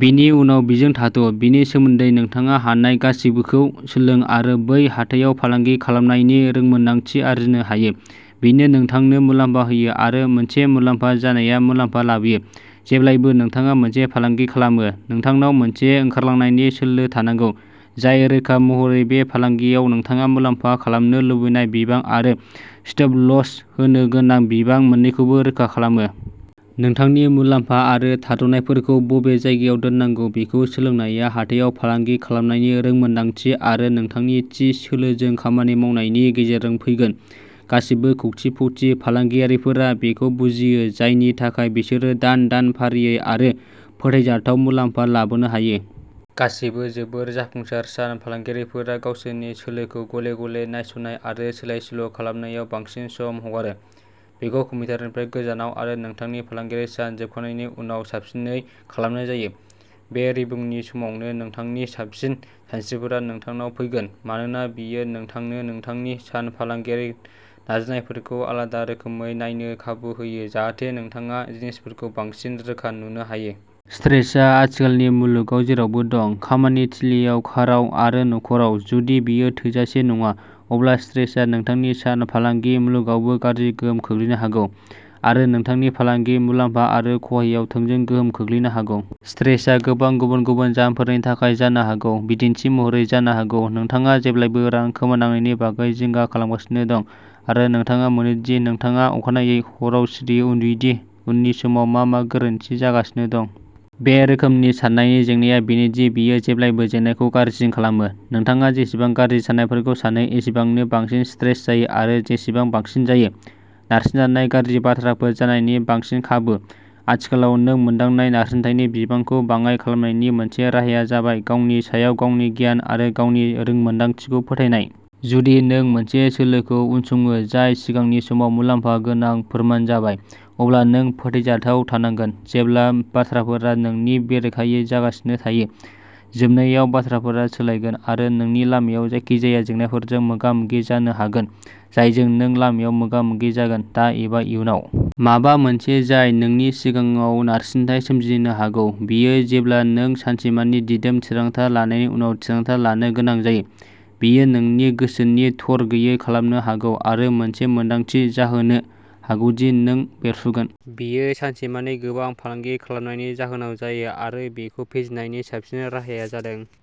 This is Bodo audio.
बेनि उनाव बेजों थाथ'। बेनि सोमोन्दै नोंथाङा हानाय गासैबोखौ सोलों आरो बै हाथायावल'फालांगि खालामनायनि रोंमोनदांथि आरजिनो हायो। बेनो नोंथांनो मुलाम्फा होयो, आरो मोनसे मुलाम्फा जानाया मुलाम्फा लाबोयो। जेब्लानो नोंथाङा मोनसे फालांगि खालामो, नोंथांनाव मोनसे ओंखारलांनायनि सोलो थानांगौ जाय रोखा महरै बे फालांगियाव नोंथाङा मुलाम्फा खालामनो लुबैनाय बिबां आरो स्टप लस होनो गोनां बिबां मोन्नैखौबो रोखा खालामो। नोंथांनि मुलाम्फा आरो थाद'नायफोरखौ बबे जायगायाव दोननांगौ बेखौ सोलोंनाया हाथायाव फालांगि खालामनायनि रोंमोनदांथि आरो नोंथांनि थि सोलोजों खामानि मावनायनि गेजेरजों फैगोन। गासैबो कौटिपति फालांगियारिफोरा बेखौ बुजियो, जायनि थाखाय बिसोरो दान-दान फारियै आरो फोथायजाथाव मुलाम्फा लाबोनो हायो। गासैबो जोबोद जाफुंसार सान फालांगियारिफोरा गावसोरनि सोलोखौ गले-गले नायसंनाय आरो सोलाय-सोल'खालामनायाव बांसिन सम हगारो। बेखौ कम्पिउटारनिफ्राय गोजानाव आरो नोंथांनि फालांगि सान जोबखांनायनि उनाव साबसिनै खालामनाय जायो। बे रिभिउनि समावनो नोंथांनि साबसिन सानस्रिफोरा नोंथांनाव फैगोन, मानोना बेयो नोंथांनो नोंथांनि सान फालांगि नाजानायफोरखौ आलादा रोखोमै नायनो खाबु होयो जाहाथे नोंथाङा जिनिसफोरखौ बांसिन रोखा नुनो हायो। स्ट्रेसआ आथिखालनि मुलुगाव जेरावबो दं। खामानि थिलिआव, काराव, आरो नख'राव। जुदि बेयो थोजासे नङा, अब्ला स्ट्रेसआ नोंथांनि सान फालांगि मुलुगावबो गाज्रि गोहोम खोख्लैनो हागौ, आरो नोंथांनि फालांगि मुलाम्फा आरो खहायाव थोंजों गोहोम खोख्लैनो हागौ। स्ट्रेसआ गोबां गुबुन-गुबुन जाहोनफोरनि थाखाय जानो हागौ। बिदिन्थि महरै, जानो हागौ नोंथाङा जेब्लाबो रां खोमानांनायनि बागै जिंगा खालामगासिनो दं, आरो नोंथाङा मोनो दि नोंथाङा अखानायै हराव सिरियै उन्दुयो दि उननि सानाव मा मा गोरोन्थि जागासिनो दं? बे रोखोमनि साननायनि जेंनाआ बेनो दि बेयो जेब्लाबो जेंनाखौ गाज्रिसिन खालामो। नोंथाङा जेसेबां गाज्रि साननायफोरखौ सानो, एसेबांनो बांसिन स्ट्रेस जायो, आरो जेसेबां बांसिन जायो। नारसिनजानाय, गाज्रि बाथ्राफोर जानायनि बांसिन खाबु। आथिखालाव नों मोनदांनाय नारसिनथायनि बिबांखौ बाङाइ खालामनायनि मोनसे राहाया जाबाय गावनि सायाव, गावनि गियान आरो गावनि रोंमोन्दांथिखौ फोथायनाय। जुदि नों मोनसे सोलोखौ उनसङो जाय सिगांनि समाव मुलाम्फा गोनां फोरमान जाबाय, अब्ला नों फोथायजाथाव थानांगोन, जेब्ला बाथ्राफोरा नोंनि बेरेखायै जागासिनो थायो। जोबनायाव बाथ्राफोरा सोलायगोन, आरो नोंनि लामायाव जायखिजाया जेंनाफोरजों मोगा-मोगि जानो हागोन, जायजों नों लामायाव मोगा-मोगि जागोन, दा एबा इयुनाव। माबा मोनसे जाय नोंनि सिगाङाव नारसिनथाय सोमजिहोनो हागौ, बेयो जेब्ला नों सानसेमानि दिदोम थिरांथा लानायनि उनाव थिरांथा लानो गोनां जायो। बेयो नोंनि गोसोखौ थरगैयि खालामनो हागौ आरो मोनसे मोन्दांथि जाहोनो हागौ दि नों बेरफ्रुगोन। बेयो सानसेमानि गोबां फालांगि खालामनायनि जाहोनाव जायो, आरो बेखौ फेजेननायनि साबसिन राहाया जादों